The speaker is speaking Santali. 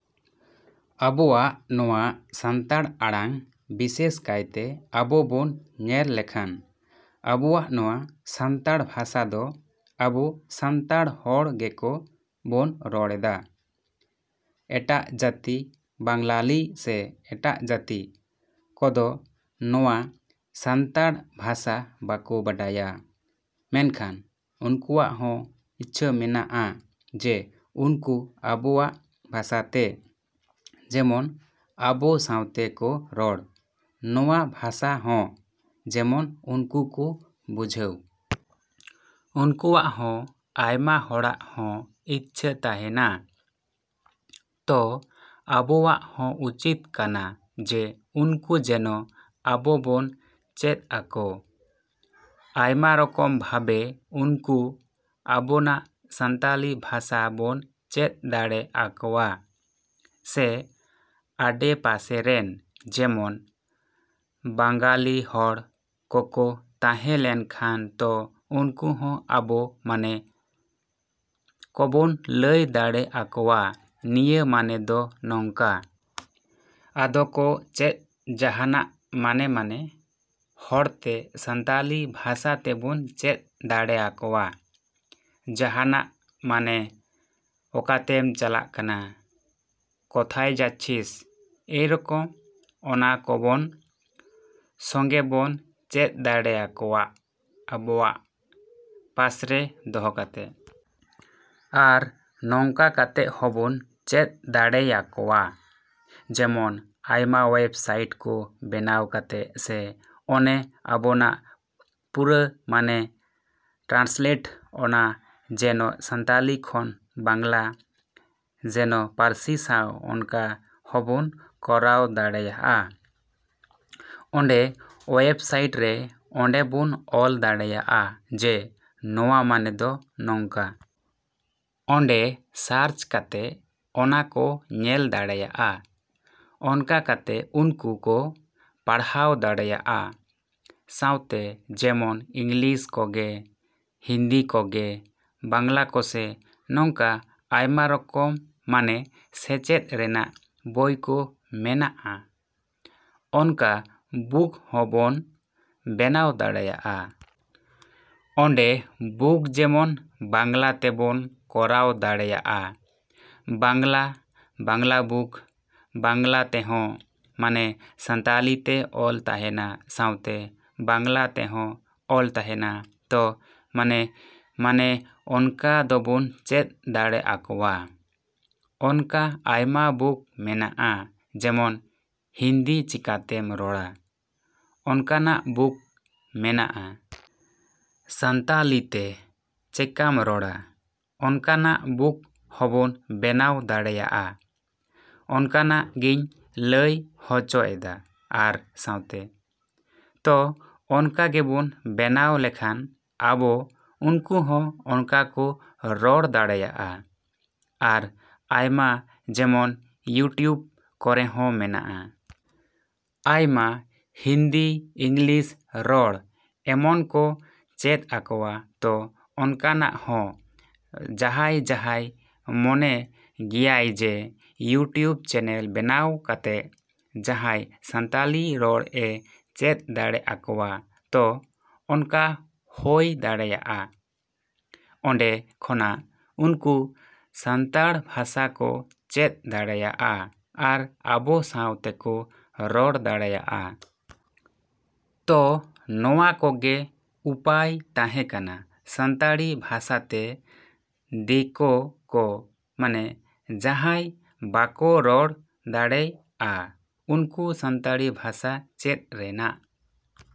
ᱟᱵᱚᱣᱟᱜ ᱱᱚᱶᱟ ᱥᱟᱱᱛᱟᱲ ᱟᱲᱟᱝ ᱵᱤᱥᱮᱥ ᱠᱟᱭᱛᱮ ᱟᱵᱚ ᱵᱚᱱ ᱧᱮᱞ ᱞᱮᱠᱷᱟᱱ ᱟᱵᱚᱣᱟᱜ ᱱᱚᱶᱟ ᱥᱟᱱᱛᱟᱲ ᱵᱷᱟᱥᱟ ᱫᱚ ᱟᱵᱚ ᱥᱟᱱᱛᱟᱲ ᱦᱚᱲ ᱠᱚᱜᱮ ᱵᱚᱱ ᱨᱚᱲ ᱮᱫᱟ᱾ ᱮᱴᱟᱜ ᱡᱟᱹᱛᱤ ᱵᱟᱝᱞᱟᱞᱤ ᱥᱮ ᱮᱴᱟᱜ ᱡᱟᱹᱛᱤ ᱠᱚᱫᱚ ᱱᱚᱶᱟ ᱥᱟᱱᱛᱟᱲ ᱵᱷᱟᱥᱟ ᱵᱟᱠᱚ ᱵᱟᱰᱟᱭᱟ, ᱢᱮᱱᱠᱷᱟᱱ ᱩᱱᱠᱩᱣᱟᱜ ᱦᱚᱸ ᱤᱪᱪᱷᱟ ᱢᱮᱱᱟᱜᱼᱟ ᱡᱮ ᱩᱱᱠᱩ ᱟᱵᱚᱣᱟᱜ ᱵᱷᱟᱥᱟᱛᱮ ᱡᱮᱢᱚᱱ ᱟᱵᱚ ᱥᱟᱶᱛᱮ ᱠᱚ ᱨᱚᱲ, ᱱᱚᱶᱟ ᱵᱷᱟᱥᱟᱦᱚᱸ ᱡᱮᱢᱚᱱ ᱩᱱᱠᱩ ᱠᱚ ᱵᱩᱡᱷᱟᱹᱣ᱾ ᱩᱱᱠᱩᱣᱟᱜ ᱦᱚᱸ ᱟᱭᱢᱟ ᱦᱚᱲᱟᱜ ᱦᱚᱸ ᱤᱪᱪᱷᱟ ᱛᱟᱦᱮᱱᱟ᱾ ᱛᱚ ᱟᱵᱚᱣᱟᱜ ᱦᱚᱸ ᱩᱪᱤᱛ ᱠᱟᱱᱟ ᱡᱮ ᱩᱱᱠᱩ ᱡᱮᱱᱚ ᱟᱵᱚ ᱵᱚᱱ ᱪᱮᱫ ᱟᱠᱚ᱾ ᱟᱭᱢᱟ ᱨᱚᱠᱚᱢ ᱵᱷᱟᱵᱮ ᱩᱱᱠᱩ ᱟᱵᱚᱱᱟᱜ ᱥᱟᱱᱛᱟᱞᱤ ᱵᱷᱟᱥᱟ ᱵᱚᱱ ᱪᱮᱫ ᱫᱟᱲᱮ ᱟᱠᱚᱣᱟ᱾ ᱥᱮ ᱟᱰᱮᱯᱟᱥᱮᱨᱮᱱ ᱡᱮᱢᱚᱱ ᱵᱟᱝᱜᱟᱞᱤ ᱦᱚᱲ ᱠᱚᱠᱚ ᱛᱟᱦᱮᱸ ᱞᱮᱱᱠᱷᱟᱱ ᱛᱚ ᱩᱱᱠᱩ ᱦᱚᱸ ᱟᱵᱚ ᱢᱟᱱᱮ ᱠᱚᱵᱚᱱ ᱞᱟᱹᱭ ᱫᱟᱲᱮ ᱟᱠᱚᱣᱟ ᱱᱤᱭᱟᱹ ᱢᱟᱱᱮ ᱫᱚ ᱱᱚᱝᱠᱟ᱾ ᱟᱫᱚ ᱠᱚ ᱪᱮᱫ ᱡᱟᱦᱟᱱᱟᱜ ᱢᱟᱱᱮ ᱢᱟᱱᱮ ᱦᱚᱲᱛᱮ ᱥᱟᱱᱛᱟᱞᱤ ᱵᱷᱟᱥᱟ ᱛᱮᱵᱚᱱ ᱪᱮᱫ ᱫᱟᱲᱮ ᱟᱠᱚᱣᱟ᱾ ᱡᱟᱦᱟᱱᱟᱜ ᱢᱟᱱᱮ 'ᱚᱠᱟᱛᱮᱢ ᱪᱟᱞᱟᱜ ᱠᱟᱱᱟ? ' 'ᱠᱳᱛᱷᱟᱭ ᱡᱟᱪᱪᱷᱤᱥ' ᱮᱭ ᱨᱚᱠᱚᱢ ᱚᱱᱟ ᱠᱚᱵᱚᱱ ᱥᱚᱝᱜᱮ ᱵᱚᱱ ᱪᱮᱫ ᱫᱟᱲᱮ ᱟᱠᱚᱣᱟᱜ ᱟᱵᱚᱣᱟᱜ ᱯᱟᱥᱨᱮ ᱫᱚᱦᱚ ᱠᱟᱛᱮᱫ᱾ ᱟᱨ ᱱᱚᱝᱠᱟ ᱠᱟᱛᱮᱫ ᱦᱚᱵᱚᱱ ᱪᱮᱫ ᱫᱟᱲᱮᱭ ᱟᱠᱚᱣᱟ ᱡᱮᱢᱚᱱ ᱟᱭᱢᱟ ᱳᱭᱮᱵᱽ ᱥᱟᱭᱤᱴ ᱠᱚ ᱵᱮᱱᱟᱣ ᱠᱟᱛᱮᱫ ᱥᱮ ᱚᱱᱮ ᱟᱵᱚᱱᱟᱜ ᱯᱩᱨᱟᱹ ᱢᱟᱱᱮ ᱴᱨᱟᱱᱥᱞᱮᱴ ᱚᱱᱟ ᱡᱮᱱᱚ ᱥᱟᱱᱛᱟᱞᱤ ᱠᱷᱚᱱ ᱵᱟᱝᱞᱟ ᱡᱮᱱᱚ ᱯᱟᱹᱨᱥᱤ ᱥᱟᱶ ᱚᱱᱠᱟ ᱦᱚᱵᱚᱱ ᱠᱚᱨᱟᱣ ᱫᱟᱲᱮᱭᱟᱜᱼᱟ᱾ ᱚᱸᱰᱮ ᱚᱭᱮᱵᱥᱟᱭᱤᱴ'ᱨᱮ ᱚᱸᱰᱮ ᱵᱚᱱ ᱚᱞ ᱫᱟᱲᱮᱭᱟᱜᱼᱟ ᱡᱮ ᱱᱚᱶᱟ ᱢᱟᱱᱮ ᱫᱚ ᱱᱚᱝᱠᱟ᱾ ᱚᱸᱰᱮ ᱥᱟᱨᱪ ᱠᱟᱛᱮᱫ ᱚᱱᱟ ᱠᱚ ᱧᱮᱞ ᱫᱟᱲᱮᱭᱟᱜᱼᱟ᱾ ᱚᱱᱠᱟ ᱠᱟᱛᱮᱫ ᱩᱱᱠᱩ ᱠᱚ ᱯᱟᱲᱦᱟᱣ ᱫᱟᱲᱮᱭᱟᱜᱼᱟ᱾ ᱥᱟᱶᱛᱮ ᱡᱮᱢᱚᱱ ᱤᱝᱞᱤᱥ ᱠᱚᱜᱮ, ᱦᱤᱱᱫᱤ ᱠᱚᱜᱮ, ᱵᱟᱝᱞᱟ ᱠᱚᱥᱮ ᱱᱚᱝᱠᱟ ᱟᱭᱢᱟ ᱨᱚᱠᱚᱢ ᱢᱟᱱᱮ ᱪᱮᱪᱮᱫ ᱨᱮᱱᱟᱜ ᱵᱳᱭ ᱠᱚ ᱢᱮᱱᱟᱜᱼᱟ᱾ ᱚᱱᱠᱟ ᱵᱩᱠ ᱦᱚᱸᱵᱚᱱ ᱵᱮᱱᱟᱣ ᱫᱟᱲᱮᱭᱟᱜᱼᱟ᱾ ᱚᱸᱰᱮ ᱵᱩᱠ ᱡᱮᱢᱚᱱ ᱵᱟᱝᱞᱟ ᱛᱮᱵᱚᱱ ᱠᱚᱨᱟᱣ ᱫᱟᱲᱮᱭᱟᱜᱼᱟ᱾ ᱵᱟᱝᱞᱟ ᱵᱟᱝᱞᱟ ᱵᱩᱠ ᱵᱟᱝᱞᱟ ᱛᱮᱦᱚᱸ ᱢᱟᱱᱮ ᱥᱟᱱᱛᱟᱞᱤᱛᱮ ᱚᱞ ᱛᱟᱦᱮᱱᱟ ᱥᱟᱶᱛᱮ ᱵᱟᱝᱞᱟ ᱛᱮᱦᱚᱸ ᱚᱞ ᱛᱟᱦᱮᱱᱟ ᱛᱚ ᱢᱟᱱᱮ ᱢᱟᱱᱮ ᱚᱱᱠᱟ ᱫᱚᱵᱚᱱ ᱪᱮᱫ ᱫᱟᱲᱮ ᱟᱠᱚᱣᱟ᱾ ᱚᱱᱠᱟ ᱟᱭᱢᱟ ᱵᱩᱠ ᱢᱮᱱᱟᱜᱼᱟ ᱡᱮᱢᱚᱱ 'ᱦᱤᱱᱫᱤ ᱪᱤᱠᱟᱛᱮᱢ ᱨᱚᱲᱟ' ᱚᱱᱠᱟᱱᱟᱜ ᱵᱩᱠ ᱢᱮᱱᱟᱜᱼᱟ᱾ 'ᱥᱟᱱᱛᱟᱞᱤᱛᱮ ᱪᱮᱠᱟᱢ ᱨᱚᱲᱟ' ᱚᱱᱠᱟᱱᱟᱜ ᱵᱩᱠ ᱦᱚᱵᱚᱱ ᱵᱮᱱᱟᱣ ᱫᱟᱲᱮᱭᱟᱜᱼᱟ᱾ ᱚᱱᱠᱟᱱᱟᱜ ᱜᱤᱧ ᱞᱟᱹᱭ ᱦᱚᱪᱚ ᱮᱫᱟ ᱟᱨ ᱥᱟᱶᱛᱮ᱾ ᱛᱚ ᱚᱱᱠᱟ ᱜᱮᱵᱚᱱ ᱵᱮᱱᱟᱣ ᱞᱮᱠᱷᱟᱱ ᱟᱵᱚ ᱩᱱᱠᱩ ᱦᱚᱸ ᱚᱱᱠᱟ ᱠᱚ ᱨᱚᱲ ᱫᱟᱲᱮᱭᱟᱜᱼᱟ᱾ ᱟᱨ ᱟᱭᱢᱟ ᱡᱮᱢᱚᱱ ᱤᱭᱩᱴᱩᱵᱽ ᱠᱚᱨᱮᱦᱚᱸ ᱢᱮᱱᱟᱜᱼᱟ᱾ ᱟᱭᱢᱟ ᱦᱤᱱᱫᱤ ᱤᱝᱞᱤᱥ ᱨᱚᱲ ᱮᱢᱚᱱ ᱠᱚ ᱪᱮᱫ ᱟᱠᱚᱣᱟ ᱛᱚ ᱚᱱᱠᱟᱦᱚᱸ ᱡᱟᱦᱟᱭ ᱡᱟᱦᱟᱭ ᱢᱚᱱᱮ ᱜᱮᱭᱟᱭ ᱡᱮ ᱤᱭᱩᱴᱩᱵᱽ ᱪᱮᱱᱮᱞ ᱵᱮᱱᱟᱣ ᱠᱟᱛᱮᱫ ᱡᱟᱦᱟᱭ ᱥᱟᱱᱛᱟᱞᱤ ᱨᱚᱲ ᱮ ᱪᱮᱫ ᱫᱟᱲᱮ ᱟᱠᱚᱣᱟ ᱛᱚ ᱚᱱᱠᱟ ᱦᱳᱭ ᱫᱟᱲᱮᱭᱟᱜᱼᱟ᱾ ᱚᱸᱰᱮ ᱠᱷᱚᱱᱟᱜ ᱩᱱᱠᱩ ᱥᱟᱱᱛᱟᱲ ᱵᱷᱟᱥᱟ ᱠᱚ ᱪᱮᱫ ᱫᱟᱲᱮᱭᱟᱜᱼᱟ ᱟᱨ ᱟᱵᱚ ᱥᱟᱶ ᱛᱮᱠᱚ ᱨᱚᱲ ᱫᱟᱲᱮᱭᱟᱜᱼᱟ᱾ ᱛᱚ ᱱᱚᱶᱟ ᱠᱚᱜᱮ ᱩᱯᱟᱭ ᱛᱟᱦᱮᱸ ᱠᱟᱱᱟ ᱥᱟᱱᱛᱟᱲᱤ ᱵᱷᱟᱥᱟᱛᱮ ᱫᱤᱠᱳ ᱠᱚ ᱢᱟᱱᱮ ᱡᱟᱦᱟᱸᱭ ᱵᱟᱠᱚ ᱨᱚᱲ ᱫᱟᱲᱮᱭᱼᱟ ᱩᱱᱠᱩ ᱥᱟᱱᱛᱟᱲᱤ ᱵᱷᱟᱥᱟ ᱪᱮᱫ ᱨᱮᱱᱟᱜ᱾